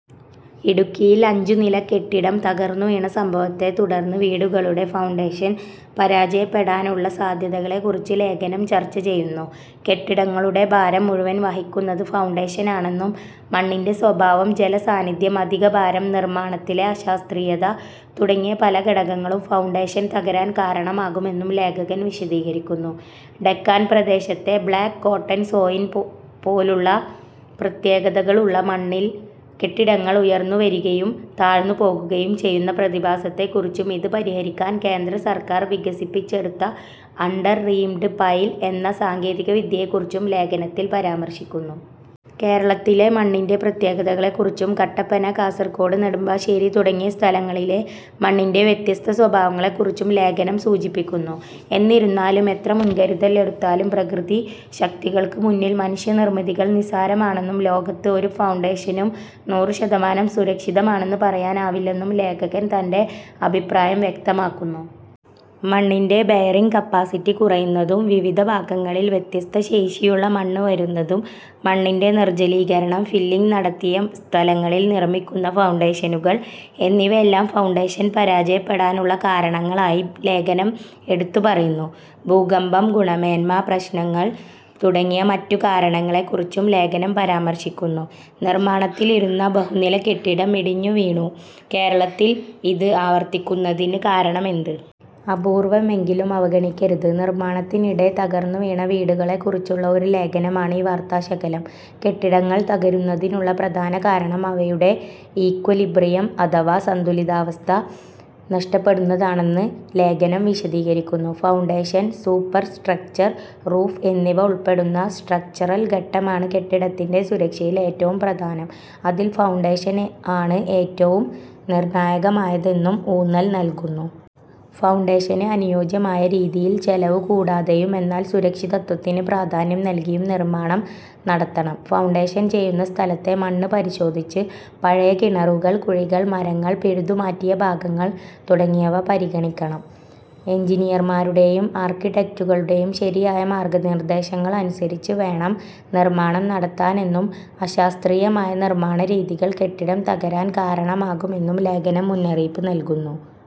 ഇടുക്കിയിൽ അഞ്ചു നില കെട്ടിടം തകർന്നുവീണ സംഭവത്തെത്തുടർന്ന് വീടുകളുടെ ഫൗണ്ടേഷൻ പരാജയപ്പെടാനുള്ള സാധ്യതകളെക്കുറിച്ച് ലേഖനം ചർച്ച ചെയ്യുന്നു. കെട്ടിടങ്ങളുടെ ഭാരം മുഴുവൻ വഹിക്കുന്നത് ഫൗണ്ടേഷനാണെന്നും, മണ്ണിൻ്റെ സ്വഭാവം, ജലസാന്നിധ്യം, അധികഭാരം, നിർമ്മാണത്തിലെ അശാസ്ത്രീയത തുടങ്ങിയ പല ഘടകങ്ങളും ഫൗണ്ടേഷൻ തകരാൻ കാരണമാകുമെന്നും ലേഖകൻ വിശദീകരിക്കുന്നു. ഡെക്കാൻ പ്രദേശത്തെ ബ്ലാക്ക് കോട്ടൺ സോയിൽ പോലുള്ള പ്രത്യേകതകളുള്ള മണ്ണിൽ കെട്ടിടങ്ങൾ ഉയർന്നുവരികയും താഴ്ന്നുപോകുകയും ചെയ്യുന്ന പ്രതിഭാസത്തെക്കുറിച്ചും, ഇത് പരിഹരിക്കാൻ കേന്ദ്രസർക്കാർ വികസിപ്പിച്ചെടുത്ത അണ്ടർ റീംഡ് പൈൽ എന്ന സാങ്കേതികവിദ്യയെക്കുറിച്ചും ലേഖനത്തിൽ പരാമർശിക്കുന്നു. കേരളത്തിലെ മണ്ണിൻ്റെ പ്രത്യേകതകളെക്കുറിച്ചും, കട്ടപ്പന, കാസർകോട്, നെടുമ്പാശ്ശേരി തുടങ്ങിയ സ്ഥലങ്ങളിലെ മണ്ണിൻ്റെ വ്യത്യസ്ത സ്വഭാവങ്ങളെക്കുറിച്ചും ലേഖനം സൂചിപ്പിക്കുന്നു. എന്നിരുന്നാലും, എത്ര മുൻകരുതൽ എടുത്താലും പ്രകൃതി ശക്തികൾക്ക് മുന്നിൽ മനുഷ്യനിർമ്മിതികൾ നിസ്സാരമാണെന്നും, ലോകത്ത് ഒരു ഫൗണ്ടേഷനും നൂറു ശതമാനം സുരക്ഷിതമാണെന്ന് പറയാനാവില്ലെന്നും ലേഖകൻ തൻ്റെ അഭിപ്രായം വ്യക്തമാക്കുന്നു. മണ്ണിൻ്റെ ബെയറിങ് കപ്പാസിറ്റി കുറയുന്നതും, വിവിധ ഭാഗങ്ങളിൽ വ്യത്യസ്ത ശേഷിയുള്ള മണ്ണ് വരുന്നതും, മണ്ണിൻ്റെ നിർജലീകരണം, ഫില്ലിംഗ് നടത്തിയ സ്ഥലങ്ങളിൽ നിർമ്മിക്കുന്ന ഫൗണ്ടേഷനുകൾ എന്നിവയെല്ലാം ഫൗണ്ടേഷൻ പരാജയപ്പെടാനുള്ള കാരണങ്ങളായി ലേഖനം എടുത്തുപറയുന്നു. ഭൂകമ്പം, ഗുണമേന്മാ പ്രശ്നങ്ങൾ തുടങ്ങിയ മറ്റു കാരണങ്ങളെക്കുറിച്ചും ലേഖനം പരാമർശിക്കുന്നു. നിർമാണത്തിലിരുന്ന ബഹുനില കെട്ടിടം ഇടിഞ്ഞു വീണു; കേരളത്തിൽ ഇത് ആവർത്തിക്കുന്നതിന് കാരണമെന്ത്? അപൂർവമെങ്കിലും അവഗണിക്കരുത് നിർമ്മാണത്തിനിടെ തകർന്നുവീണ വീടുകളെക്കുറിച്ചുള്ള ഒരു ലേഖനമാണ് ഈ വാർത്താശകലം. കെട്ടിടങ്ങൾ തകരുന്നതിനുള്ള പ്രധാന കാരണം അവയുടെ "ഈക്വലിബ്രിയം" അഥവാ സന്തുലിതാവസ്ഥ നഷ്ടപ്പെടുന്നതാണെന്ന് ലേഖനം വിശദീകരിക്കുന്നു. ഫൗണ്ടേഷൻ, സൂപ്പർ സ്ട്രക്ചർ, റൂഫ് എന്നിവ ഉൾപ്പെടുന്ന സ്ട്രക്ചറൽ ഘട്ടമാണ് കെട്ടിടത്തിന്റെ സുരക്ഷയിൽ ഏറ്റവും പ്രധാനം, അതിൽ ഫൗണ്ടേഷൻ ആണ് ഏറ്റവും നിർണായകമായതെന്നും ഊന്നൽ നൽകുന്നു. ഫൗണ്ടേഷന് അനുയോജ്യമായ രീതിയിൽ ചെലവ് കൂടാതെയും, എന്നാൽ സുരക്ഷിതത്വത്തിന് പ്രാധാന്യം നൽകിയും നിർമ്മാണം നടത്തണം. ഫൗണ്ടേഷൻ ചെയ്യുന്ന സ്ഥലത്തെ മണ്ണ് പരിശോധിച്ച്, പഴയ കിണറുകൾ, കുഴികൾ, മരങ്ങൾ പിഴുതുമാറ്റിയ ഭാഗങ്ങൾ തുടങ്ങിയവ പരിഗണിക്കണം. എൻജിനീയർമാരുടെയും ആർക്കിടെക്റ്റുകളുടെയും ശരിയായ മാർഗ്ഗനിർദ്ദേശങ്ങൾ അനുസരിച്ച് വേണം നിർമ്മാണം നടത്താനെന്നും, അശാസ്ത്രീയമായ നിർമ്മാണ രീതികൾ കെട്ടിടം തകരാൻ കാരണമാകുമെന്നും ലേഖനം മുന്നറിയിപ്പ് നൽകുന്നു.